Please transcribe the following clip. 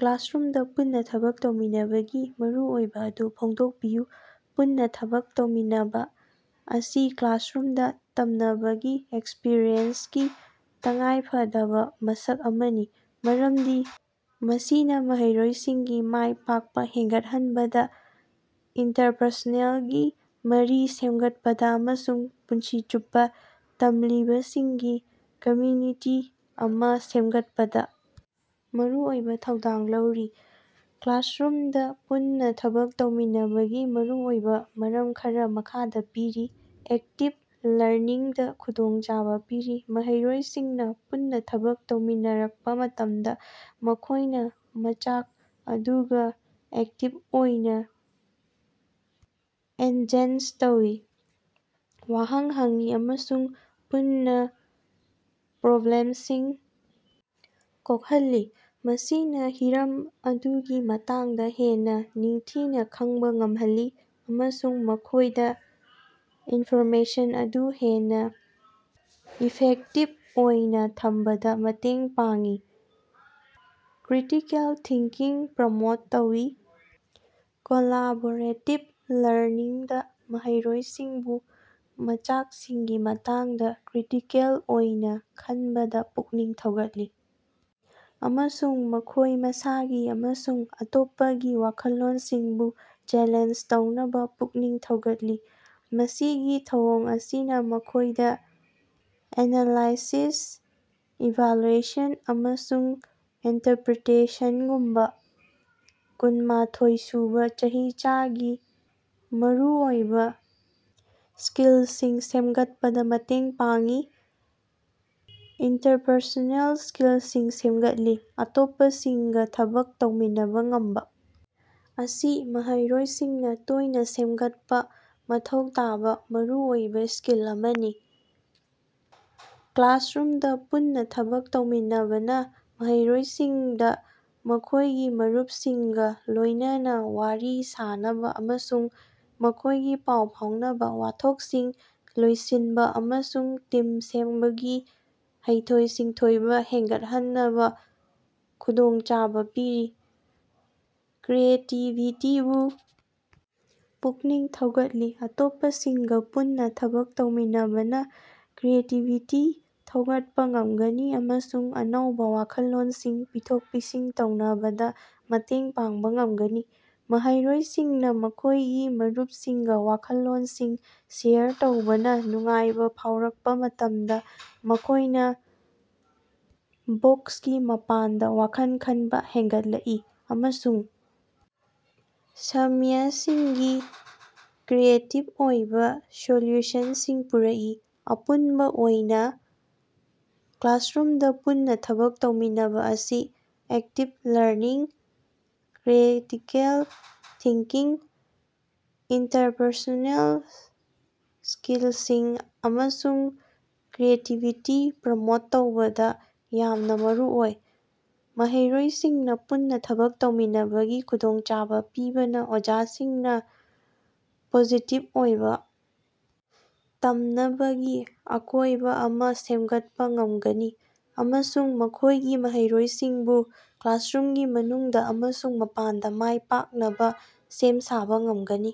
ꯀ꯭ꯂꯥꯁꯔꯨꯝꯗ ꯄꯨꯟꯅ ꯊꯕꯛ ꯇꯧꯃꯤꯟꯅꯕꯒꯤ ꯃꯔꯨꯑꯣꯏꯕ ꯑꯗꯨ ꯐꯣꯡꯗꯣꯛꯄꯤꯌꯨ꯫ ꯄꯨꯟꯅ ꯊꯕꯛ ꯇꯧꯃꯤꯟꯅꯕ ꯑꯁꯤ ꯀ꯭ꯂꯥꯁꯔꯨꯝꯗ ꯇꯝꯅꯕꯒꯤ ꯑꯦꯛꯁꯄꯤꯔꯤꯌꯦꯟꯁꯀꯤ ꯇꯉꯥꯏꯐꯗꯕ ꯃꯁꯛ ꯑꯃꯅꯤ꯫ ꯃꯔꯝꯗꯤ ꯃꯁꯤꯅ ꯃꯍꯩꯔꯣꯏꯁꯤꯡꯒꯤ ꯃꯥꯏ ꯄꯥꯛꯄ ꯍꯦꯟꯒꯠꯍꯟꯕꯗ, ꯏꯟꯇꯔꯄꯔꯁꯣꯅꯦꯜꯒꯤ ꯃꯔꯤ ꯁꯦꯝꯒꯠꯄꯗ ꯑꯃꯁꯨꯡ ꯄꯨꯟꯁꯤ ꯆꯨꯞꯄ ꯇꯝꯂꯤꯕꯁꯤꯡꯒꯤ ꯀꯝꯃ꯭ꯌꯨꯅꯤꯇꯤ ꯑꯃ ꯁꯦꯝꯒꯠꯄꯗ ꯃꯔꯨꯑꯣꯏꯕ ꯊꯧꯗꯥꯡ ꯂꯧꯔꯤ꯫ ꯀ꯭ꯂꯥꯁꯔꯨꯝꯗ ꯄꯨꯟꯅ ꯊꯕꯛ ꯇꯧꯃꯤꯟꯅꯕꯒꯤ ꯃꯔꯨꯑꯣꯏꯕ ꯃꯔꯝ ꯈꯔ ꯃꯈꯥꯗ ꯄꯤꯔꯤ:- ꯑꯦꯛꯇꯤꯚ ꯂꯔꯅꯤꯡꯗ ꯈꯨꯗꯣꯡꯆꯥꯕ ꯄꯤꯔꯤ: ꯃꯍꯩꯔꯣꯏꯁꯤꯡꯅ ꯄꯨꯟꯅ ꯊꯕꯛ ꯇꯧꯃꯤꯟꯅꯔꯛꯄ ꯃꯇꯝꯗ ꯃꯈꯣꯏꯅ ꯃꯆꯥꯛ ꯑꯗꯨꯒ ꯑꯦꯛꯇꯤꯚ ꯑꯣꯏꯅ ꯑꯦꯟꯒꯦꯖ ꯇꯧꯏ꯫ ꯋꯥꯍꯪ ꯍꯪꯉꯤ ꯑꯃꯁꯨꯡ ꯄꯨꯟꯅ ꯄ꯭ꯔꯣꯕ꯭ꯂꯦꯝꯁꯤꯡ ꯀꯣꯛꯍꯜꯂꯤ꯫ ꯃꯁꯤꯅ ꯍꯤꯔꯝ ꯑꯗꯨꯒꯤ ꯃꯇꯥꯡꯗ ꯍꯦꯟꯅ ꯅꯤꯡꯊꯤꯅ ꯈꯪꯕ ꯉꯝꯍꯜꯂꯤ ꯑꯃꯁꯨꯡ ꯃꯈꯣꯏꯗ ꯏꯟꯐꯣꯔꯃꯦꯁꯟ ꯑꯗꯨ ꯍꯦꯟꯅ ꯏꯐꯦꯛꯇꯤꯚ ꯑꯣꯏꯅ ꯊꯝꯕꯗ ꯃꯇꯦꯡ ꯄꯥꯡꯉꯤ꯫ ꯀ꯭ꯔꯤꯇꯤꯀꯦꯜ ꯊꯤꯡꯀꯤꯡ ꯄ꯭ꯔꯣꯃꯣꯠ ꯇꯧꯏ: ꯀꯣꯂꯥꯕꯣꯔꯦꯇꯤꯚ ꯂꯔꯅꯤꯡꯅ ꯃꯍꯩꯔꯣꯏꯁꯤꯡꯕꯨ ꯃꯆꯥꯛꯁꯤꯡꯒꯤ ꯃꯇꯥꯡꯗ ꯀ꯭ꯔꯤꯇꯤꯀꯦꯜ ꯑꯣꯏꯅ ꯈꯟꯕꯗ ꯄꯨꯛꯅꯤꯡ ꯊꯧꯒꯠꯂꯤ ꯑꯃꯁꯨꯡ ꯃꯈꯣꯏ ꯃꯁꯥꯒꯤ ꯑꯃꯁꯨꯡ ꯑꯇꯣꯞꯄꯒꯤ ꯋꯥꯈꯜꯂꯣꯟꯁꯤꯡꯕꯨ ꯆꯦꯂꯦꯟꯖ ꯇꯧꯅꯕ ꯄꯨꯛꯅꯤꯡ ꯊꯧꯒꯠꯂꯤ꯫ ꯃꯁꯤꯒꯤ ꯊꯧꯑꯣꯡ ꯑꯁꯤꯅ ꯃꯈꯣꯏꯗ ꯑꯦꯅꯂꯥꯏꯁꯤꯁ, ꯏꯚꯥꯂꯨꯑꯦꯁꯟ ꯑꯃꯁꯨꯡ ꯏꯟꯇꯔꯄ꯭ꯔꯤꯇꯦꯁꯟꯒꯨꯝꯕ ꯀꯨꯟꯃꯊꯣꯏ ꯁꯨꯕ ꯆꯍꯤꯆꯥꯒꯤ ꯃꯔꯨꯑꯣꯏꯕ ꯁ꯭ꯀꯤꯜꯁꯤꯡ ꯁꯦꯝꯒꯠꯄꯗ ꯃꯇꯦꯡ ꯄꯥꯡꯉꯤ꯫ ꯏꯟꯇꯔꯄꯔꯁꯣꯅꯦꯜ ꯁ꯭ꯀꯤꯜꯁꯤꯡ ꯁꯦꯝꯒꯠꯂꯤ: ꯑꯇꯣꯞꯄꯁꯤꯡꯒ ꯊꯕꯛ ꯇꯧꯃꯤꯟꯅꯕ ꯉꯝꯕ ꯑꯁꯤ ꯃꯍꯩꯔꯣꯏꯁꯤꯡꯅ ꯇꯣꯏꯅ ꯁꯦꯝꯒꯠꯄ ꯃꯊꯧ ꯇꯥꯕ ꯃꯔꯨꯑꯣꯏꯕ ꯁ꯭ꯀꯤꯜ ꯑꯃꯅꯤ꯫ ꯀ꯭ꯂꯥꯁꯔꯨꯝꯗ ꯄꯨꯟꯅ ꯊꯕꯛ ꯇꯧꯃꯤꯟꯅꯕꯅ ꯃꯍꯩꯔꯣꯏꯁꯤꯡꯗ ꯃꯈꯣꯏꯒꯤ ꯃꯔꯨꯞꯁꯤꯡꯒ ꯂꯣꯏꯅꯅ ꯋꯥꯔꯤ ꯁꯥꯟꯅꯕ ꯑꯃꯁꯨꯡ ꯃꯈꯣꯏꯒꯤ ꯄꯥꯎ ꯐꯥꯎꯅꯕ, ꯋꯥꯊꯣꯛꯁꯤꯡ ꯂꯣꯏꯁꯤꯟꯕ ꯑꯃꯁꯨꯡ ꯇꯤꯝ ꯁꯦꯝꯕꯒꯤ ꯍꯩꯊꯣꯏ-ꯁꯤꯡꯊꯣꯏꯕ ꯍꯦꯟꯒꯠꯍꯟꯅꯕ ꯈꯨꯗꯣꯡꯆꯥꯕ ꯄꯤꯔꯤ꯫ ꯀ꯭ꯔꯤꯌꯦꯇꯤꯚꯤꯇꯤꯕꯨ ꯄꯨꯛꯅꯤꯡ ꯊꯧꯒꯠꯂꯤ: ꯑꯇꯣꯞꯄꯁꯤꯡꯒ ꯄꯨꯟꯅ ꯊꯕꯛ ꯇꯧꯃꯤꯟꯅꯕꯅ ꯀ꯭ꯔꯤꯌꯦꯇꯤꯚꯤꯇꯤ ꯊꯧꯒꯠꯄ ꯉꯝꯒꯅꯤ ꯑꯃꯁꯨꯡ ꯑꯅꯧꯕ ꯋꯥꯈꯜꯂꯣꯟꯁꯤꯡ ꯄꯤꯊꯣꯛ-ꯄꯤꯁꯤꯟ ꯇꯧꯅꯕꯗ ꯃꯇꯦꯡ ꯄꯥꯡꯕ ꯉꯝꯒꯅꯤ꯫ ꯃꯍꯩꯔꯣꯏꯁꯤꯡꯅ ꯃꯈꯣꯏꯒꯤ ꯃꯔꯨꯞꯁꯤꯡꯒ ꯋꯥꯈꯜꯂꯣꯟꯁꯤꯡ ꯁꯦꯌꯔ ꯇꯧꯕꯗ ꯅꯨꯡꯉꯥꯏꯕ ꯐꯥꯎꯔꯛꯄ ꯃꯇꯝꯗ ꯃꯈꯣꯏꯅ ꯕꯣꯛꯁꯀꯤ ꯃꯄꯥꯟꯗ ꯋꯥꯈꯜ ꯈꯟꯕ ꯍꯦꯟꯒꯠꯂꯛꯏ ꯑꯃꯁꯨꯡ ꯁꯃꯁ꯭ꯌꯥꯁꯤꯡꯒꯤ ꯀ꯭ꯔꯤꯌꯦꯇꯤꯚ ꯑꯣꯏꯕ ꯁꯣꯂ꯭ꯌꯨꯁꯟꯁꯤꯡ ꯄꯨꯔꯛꯏ꯫ ꯑꯄꯨꯟꯕ ꯑꯣꯏꯅ, ꯀ꯭ꯂꯥꯁꯔꯨꯝꯗ ꯄꯨꯟꯅ ꯊꯕꯛ ꯇꯧꯃꯤꯟꯅꯕ ꯑꯁꯤ active learning, critical thinking, interpersonal ꯁ꯭ꯀꯤꯜꯁꯤꯡ ꯑꯃꯁꯨꯡ ꯀ꯭ꯔꯤꯌꯦꯇꯤꯚꯤꯇꯤ ꯄ꯭ꯔꯃꯣꯠ ꯇꯧꯕꯗ ꯌꯥꯝꯅ ꯃꯔꯨꯑꯣꯏ꯫ ꯃꯍꯩꯔꯣꯏꯁꯤꯡꯅ ꯄꯨꯟꯅ ꯊꯕꯛ ꯇꯧꯃꯤꯟꯅꯕꯒꯤ ꯈꯨꯗꯣꯡꯆꯥꯕ ꯄꯤꯕꯅ ꯑꯣꯖꯥꯁꯤꯡꯅ ꯄꯣꯖꯤꯇꯤꯚ ꯑꯣꯏꯕ ꯇꯝꯅꯕꯒꯤ ꯑꯀꯣꯏꯕ ꯑꯃ ꯁꯦꯝꯒꯠꯄ ꯉꯝꯒꯅꯤ ꯑꯃꯁꯨꯡ ꯃꯈꯣꯏꯒꯤ ꯃꯍꯩꯔꯣꯏꯁꯤꯡꯕꯨ ꯀ꯭ꯂꯥꯁꯔꯨꯝꯒꯤ ꯃꯅꯨꯡꯗ ꯑꯃꯁꯨꯡ ꯃꯄꯥꯟꯗ ꯃꯥꯏ ꯄꯥꯛꯅꯕ ꯁꯦꯝ ꯁꯥꯕ ꯉꯝꯒꯅꯤ꯫